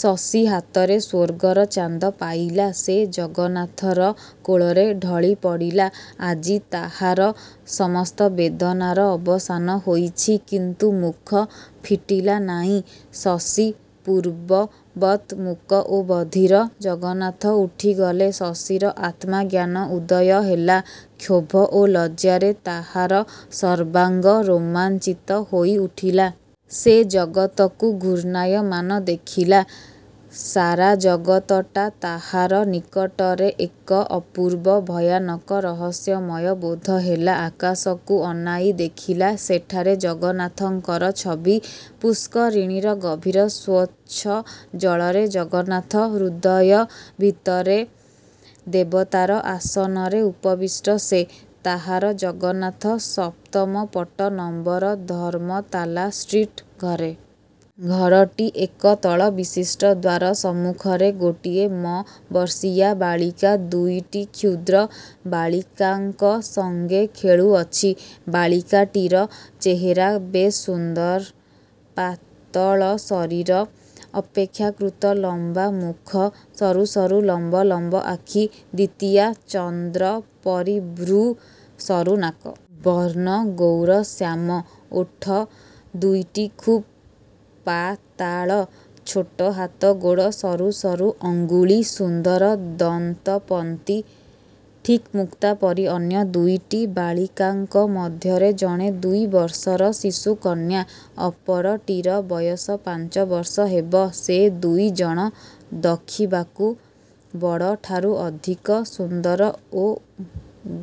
ଶଶୀ ହାତରେ ସ୍ୱର୍ଗର ଚାନ୍ଦ ପାଇଲା। ସେ ଜଗନ୍ନାଥର କୋଳରେ ଢଳିପଡ଼ିଲା। ଆଜି ତାହାର ସସସ୍ତ ବେଦନାର ଅବସାନ ହୋଇଛି, କିନ୍ତୁ ମୁଖ ଫିଟିଲା ନାଇଁ। ଶଶୀ ପୂର୍ବବତ୍ ମୂକ ଓ ବଧିର। ଜଗନ୍ନାଥ ଉଠିଗଲେ। ଶଶୀର ଆତ୍ମାଜ୍ଞାନ ଉଦୟ ହେଲା। କ୍ଷୋଭ ଓ ଲଜ୍ଜାରେ ତାହାର ସର୍ବାଙ୍ଗ ରୋମାଞ୍ଚିତ ହୋଇଉଠିଲା। ସେ ଜଗତକୁ ଘୂର୍ଣ୍ଣାୟମାନ ଦେଖିଲା। ସାରାଜଗତଟା ତାହାର ନିକଟରେ ଏକ ଅପୂର୍ବ ଭୟାନକ ରହସ୍ୟମୟ ବୋଧହେଲା। ଆକାଶକୁ ଅନାଇ ଦେଖିଲା, ସେଠାରେ ଜଗନ୍ନାଥଙ୍କର ଛବି, ପୁଷ୍କରିଣୀର ଗଭୀର ସ୍ୱଛ ଜଳରେ ଜଗନ୍ନାଥ, ହୃଦୟ ଭିତରେ ଦେବତାର ଆସନରେ ଉପବିଷ୍ଟ ସେ, ତାହାର ଜଗନ୍ନାଥ ସପ୍ତମ ପଟ ନମ୍ୱର ଧର୍ମ୍ମତାଲା ଷ୍ଟ୍ରିଟ୍ ଘର। ଘରଟି ଏକ−ତଳ ବିଶିଷ୍ଟ। ଦ୍ୱାର ସମ୍ମୁଖରେ ଗୋଟିଏ ମ ବର୍ଷୀୟା ବାଳିକା ଦୁଇଟି କ୍ଷୁଦ୍ର ବାଳିକାଙ୍କ ସଙ୍ଗେ ଖେଳୁଅଛି। ବାଳିକାଟିର ଚେହେରା ବେଶ୍ ସୁନ୍ଦର-। ପାତଳ ଶରୀର। ଅପେକ୍ଷାକୃତ ଲମ୍ୱା ମୁଖ। ସରୁ ସରୁ ଲମ୍ୱ ଲମ୍ୱ ଆଖି। ଦ୍ୱିତୀୟା ଚନ୍ଦ୍ରପରି ଭ୍ରୂ। ସରୁ ନାକ। ବର୍ଣ୍ଣ ଗୌରଶ୍ୟାମ। ଓଠ ଦୁଇଟି ଖୁବ୍ ପାତାଳ। ଛୋଟ ହାତ ଗୋଡ଼। ସରୁ ସରୁ ଅଙ୍ଗୁଳି। ସୁନ୍ଦର ଦନ୍ତପନ୍ତି। ଠିକ୍ ମୁକ୍ତା ପରି। ଅନ୍ୟ ଦୁଇଟି ବାଳିକାଙ୍କ ମଧ୍ୟରେ ଜଣେ ଦୁଇବର୍ଷର ଶିଶୁକନ୍ୟା। ଅପରଟିର ବୟସ ପାଞ୍ଚବର୍ଷ ହେବ। ସେ ଦୁଇଜଣ ଦଖିବାକୁ ବଡ଼ଠାରୁ ଅଧିକ ସୁନ୍ଦର ଓ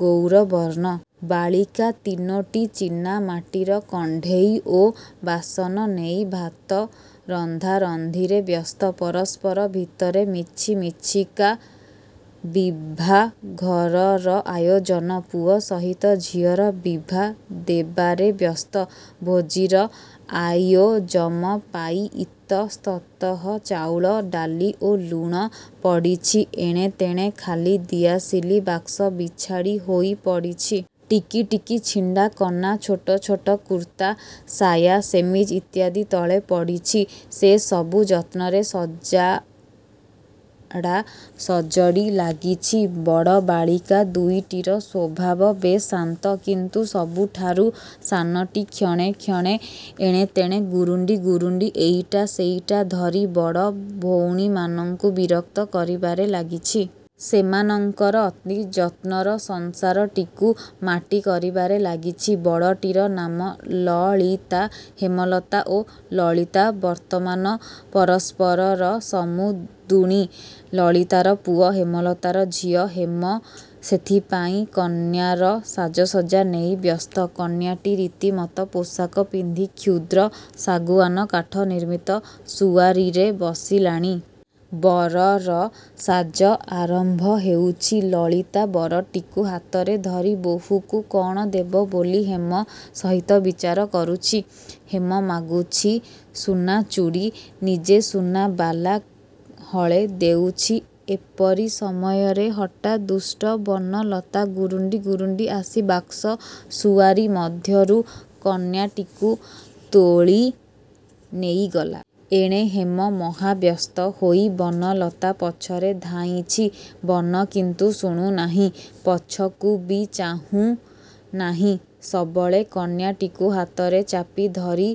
ଗୌରବର୍ଣ୍ଣ। ବାଳିକା ତିନୋଟି ଚୀନା ମାଟିର କଣ୍ଡେଇ ଓ ବାସନ ନେଇ ଭାତ ରନ୍ଧାରନ୍ଧିରେ ବ୍ୟସ୍ତ। ପରସ୍ପର ଭିତରେ ମିଛି ମିଛିକା ବିଭାଘରର ଆୟୋଜନ। ପୁଅ ସହିତ ଝିଅର ବିଭା ଦେବାରେ ବ୍ୟସ୍ତ। ଭୋଜୀର ଆୟୋଜମ ପାଇ ଇତସ୍ତତଃ ଚାଉଳ, ଡାଲି ଓ ଲୁଣ ପଡ଼ିଛି। ଏଣେ ତେଣେ ଖାଲି ଦିଆସିଲି ବାକ୍ସ ବିଛାଡ଼ି ହୋଇ ପଡ଼ିଛି।। ଟିକିଟିକି ଛିଣ୍ଡା କନା, ଛୋଟ ଛୋଟ କୁର୍ତ୍ତା, ସାୟା, ସେମିଜ୍ ଇତ୍ୟାଦି ତଳେ ପଡ଼ିଛି। ସେ ସବୁ ଯତ୍ନରେ ସଜଡ଼ାସଜଡ଼ି ଲାଗିଛି। ବଡ଼ ବାଳିକା ଦୁଇଟିର ସ୍ୱଭାବ ବେଶ୍ ଶାନ୍ତ। କିନ୍ତୁ ସବୁଠାରୁ ସାନଟି କ୍ଷଣେ କ୍ଷଣେ ଏଣେ ତେଣେ ଗୁରୁଣ୍ଡି ଗୁରୁଣ୍ଡି ଏଇଟା ସେଇଟା ଧରି ବଡ଼ ଭଉଣୀମାନଙ୍କୁ ବିରକ୍ତ କରିବାରେ ଲାଗିଛି। ସେମାନଙ୍କର ଅତି ଯତ୍ନର ସଂସାରଟିକୁ ମାଟି କରିବାରେ ଲାଗିଛି। ବଡ଼ଟିର ନାମ ଲଳିତା। ହେମଲତା ଓ ଲଳିତା ବର୍ତ୍ତମାନ ପରସ୍ପରର ସମୁଦୁଣୀ। ଲଳିତାର ପୁଅ, ହେମଲତାର ଝିଅ। ହେମ ସେଥିପାଇଁ କନ୍ୟାର ସାଜସଜ୍ଜା ନେଇ ବ୍ୟସ୍ତ। କନ୍ୟାଟି ରୀତିମତ ପୋଷାକ ପିନ୍ଧି କ୍ଷୁଦ୍ର ସାଗୁଆନ କାଠ ନିର୍ମିତ ସୁଆରୀରେ ବସିଲାଣି। ବରର ସାଜ ଆରମ୍ଭ ହେଉଛି-। ଲଳିତା ବରଟିକୁ ହାତରେ ଧରି ବୋହୂକୁ କଣ ଦେବ ବୋଲି ହେମ ସହିତ ବିଚାର କରୁଛି। ହେମ ମାଗୁଛି ସୁନାଚୁଡ଼ି। ନିଜେ ସୁନା ବାଲା ହଳେ ଦେଉଛି। ଏପରି ସମୟରେ ହଠାତ୍ ଦୁଷ୍ଟ ବନଲତା ଗୁରୁଣ୍ଡି ଗୁରୁଣ୍ଡି ଆସି ବାକ୍ସ ସୁଆରୀ ମଧ୍ୟରୁ କନ୍ୟାଟିକୁ ତୋଳି ନେଇଗଲା। ଏଣେ ହେମ ମହାବ୍ୟସ୍ତ ହୋଇ ବନଲତା ପଛରେ ଧାଇଁଛି। ବନ କିନ୍ତୁ ଶୁଣୁନାହିଁ। ପଛକୁ ବି ଚାହୁଁ ନାହିଁ। ସବଳେ କନ୍ୟାଟିକୁ ହାତରେ ଚାପି ଧରି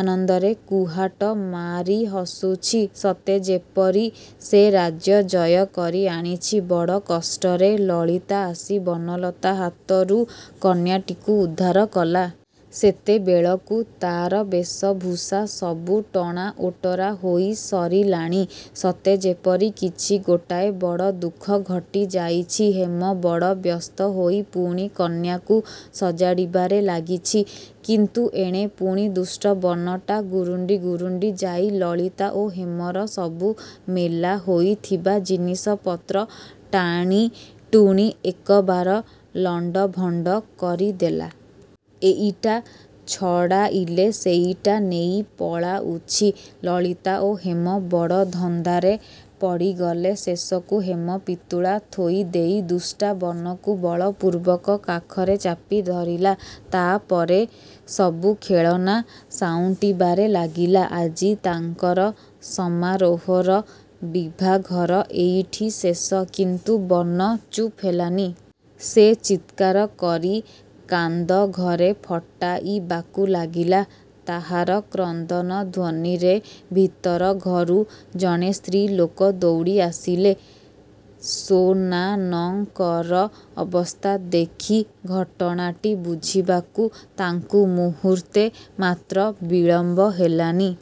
ଆନନ୍ଦରେ କୁହାଟ ମାରି ହସୁଛି। ସତେ ଯେପରି ସେ ରାଜ୍ୟ ଜୟକରି ଆଣିଛି। ବଡ଼ କଷ୍ଟରେ ଲଳିତା ଆସି ବନଲତା ହାତରୁ କନ୍ୟାଟିକୁ ଉଦ୍ଧାର କଲା। ସେତେବେଳକୁ ତାର ବେଶଭୂଷା ସବୁ ଟଣା ଓଟରା ହୋଇ ସରିଲାଣି। ସତେ ଯେପରି କିଛି ଗୋଟାଏ ବଡ଼ ଦୁଃଖ ଘଟି ଯାଇଛି। ହେମ ବଡ଼ ବ୍ୟସ୍ତ ହୋଇ ପୁଣି କନ୍ୟାକୁ ସଜାଡ଼ିବାରେ ଲାଗିଛି। କିନ୍ତୁ ଏଣେ ପୁଣି ଦୁଷ୍ଟ ବନଟା ଗୁରୁଣ୍ଡି ଗୁରୁଣ୍ଡି ଯାଇ ଲଲିତା ଓ ହେମର ସବୁ ମେଲା ହୋଇଥିବା ଜିନିଷପତ୍ର ଟାଣିଟୁଣି ଏକବାର ଲଣ୍ଡଭଣ୍ଡ କରି ଦେଲା। ଏଇଟା ଛଡ଼ାଇଲେ ସେଇଟା ନେଇ ପଳାଉଛି। ଲଲିତା ଓ ହେମ ବଡ଼ ଧନ୍ଦାରେ ପଡ଼ିଗଲେ। ଶେଷକୁ ହେମ ପିତୁଳା ଥୋଇଦେଇ ଦୁଷ୍ଟା ବନକୁ ବଳପୂର୍ବକ କାଖରେ ଚାପି ଧରିଲା। ତାପରେ ସବୁ ଖେଳନା ସାଉଁଟିବାରେ ଲାଗିଲା। ଆଜି ତାଙ୍କର ସମାରୋହର ବିଭାଘର ଏଇଠି ଶେଷ। କିନ୍ତୁ ବନ ଚୁପ୍ ହେଲାନି। ସେ ଚିତ୍କାର କରି କାନ୍ଦ ଘରେ ଫଟାଇବାକୁ ଲାଗିଲା। ତାହାର କ୍ରନ୍ଦନ ଧ୍ୱନୀରେ ଭିତର ଘରୁ ଜଣେ ସ୍ତ୍ରୀଲୋକ ଦୌଡ଼ି ଆସିଲେ। ସୋନାନଙ୍କର ଅବସ୍ଥା ଦେଖି ଘଟଣାଟି ବୁଝିବାକୁ ତାଙ୍କୁ ମୂହୂର୍ତ୍ତେ ମାତ୍ର ବିଳମ୍ୱ ହେଲାନି।